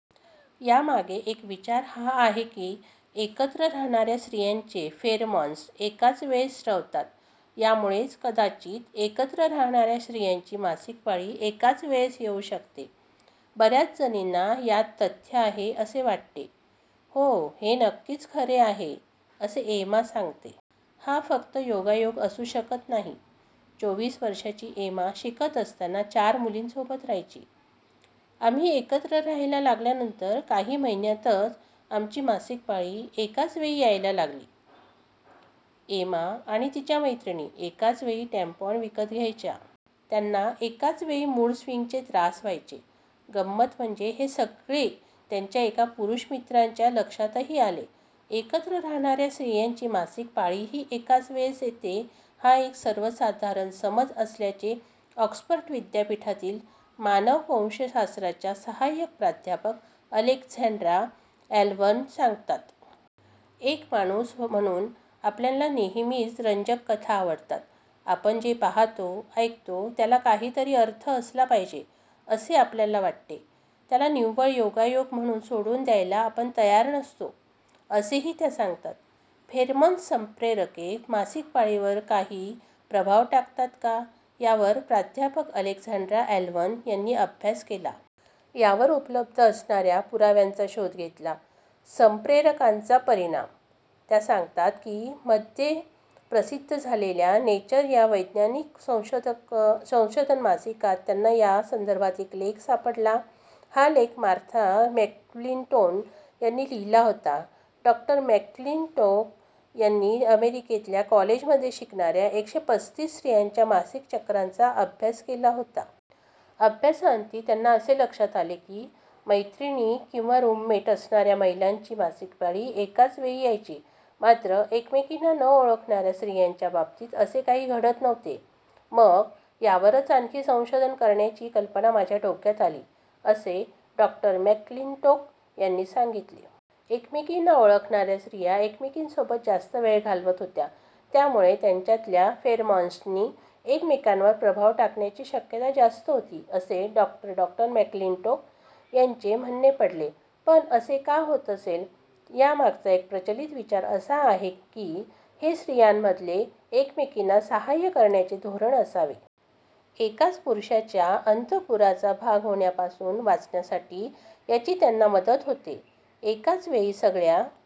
यामागे एक विचार हा आहे की, एकत्र राहणाऱ्या स्त्रियांचे फेरमॉन्स एकाच वेळेस स्त्रवतात. यामुळेच कदाचित एकत्र राहणाऱ्या स्त्रियांची मासिक पाळी एकाच वेळेस येऊ शकते. बऱ्याच जणींना यात तथ्य आहे, असे वाटते. "हो, हे नक्कीच खरे आहे," असे एमा सांगते. "हा फक्त योगायोग असू शकत नाही." चोवीस वर्षांची एमा शिकत असताना चार मुलींसोबत राहायची. "आम्ही एकत्र राहायला लागल्यानंतर काही महिन्यांतच आमची मासिक पाळी एकाच वेळी यायला लागली." एमा आणि तिच्या मैत्रिणी एकाच वेळी टॅम्पॉन विकत घ्यायच्या. त्यांना एकाच वेळी मूडस्विंगचे त्रास व्हायचे. गंमत म्हणजे हे सगळे त्यांच्या एका पुरुष मित्राच्या लक्षातही आले. एकत्र राहणाऱ्या स्त्रियांची मासिक पाळीही एकाच वेळेस येते हा एक सर्वसाधारण समज असल्याचे ऑक्सफर्ड विद्यापीठातील मानववंशशास्त्राच्या साहाय्यक प्राध्यापक अलेक्झांड्रा ॲलव्हर्न सांगतात. "एक माणूस म्हणून आपल्याला नेहमीच रंजक कथा आवडतात. आपण जे पाहतो, ऐकतो त्याला काहीतरी अर्थ असला पाहिजे, असे आपल्याला वाटते. त्याला निव्वळ योगायोग म्हणून सोडून द्यायला आपण तयार नसतो", असेही त्या सांगतात. फेरमॉन्स संप्रेरके मासिक पाळीवर काही प्रभाव टाकतात का, यावर प्रा प्राध्यापक अलेक्झांड्रा ॲलव्हर्न यांनी अभ्यास केला. यावर उपलब्ध असणाऱ्या पुराव्यांचा शोध घेतला. संप्रेरकांचा परिणाम? त्या सांगतात की, मध्ये प्रसिद्ध झालेल्या नेचर या वैज्ञानिक संशोधन मासिकात त्यांना या संदर्भात एक लेख सापडला. हा लेख मार्था मॅकक्लिंटोक यांनी लिहिला होता. डॉ डॉ मॅकक्लिंटोक यांनी अमेरिकेतल्या कॉलेजमध्ये शिकणाऱ्या एकशे पस्तीस स्त्रियांच्या मासिक चक्राचा अभ्यास केला होता. अभ्यासाअंती त्यांना असे लक्षात आले की, मैत्रिणी किंवा रूममेट असणाऱ्या महिलांची मासिक पाळी एकाच वेळी यायची. मात्र एकमेकींना न ओळखणाऱ्या स्त्रियांच्या बाबतीत असे काही घडत नव्हते. "मग यावरच आणखी संशोधन करण्याची कल्पना माझ्या डोक्यात आली", असे डॉ डॉ मॅकक्लिंटोक यांनी सांगितले. एकमेकींना ओळखणाऱ्या स्त्रिया एकमेकींसोबत जास्त वेळ घालवत होत्या. त्यामुळे त्यांच्यातल्या फेरमॉन्सनी एकमेकांवर प्रभाव टाकण्याची शक्यता जास्ती होती असे डॉ डॉ मॅकक्लिंटोक यांचे म्हणणे पडले. पण असे का होत असेल? यामागचा एक प्रचलित विचार असा आहे की, हे स्त्रियांमधले एकमेकींना साहाय्य करण्याचे धोरण असावे. एकाच पुरुषाच्या अंतःपुराचा भाग होण्यापासून वाचण्यासाठी याची त्यांना मदत होते. एकाच वेळी सगळ्या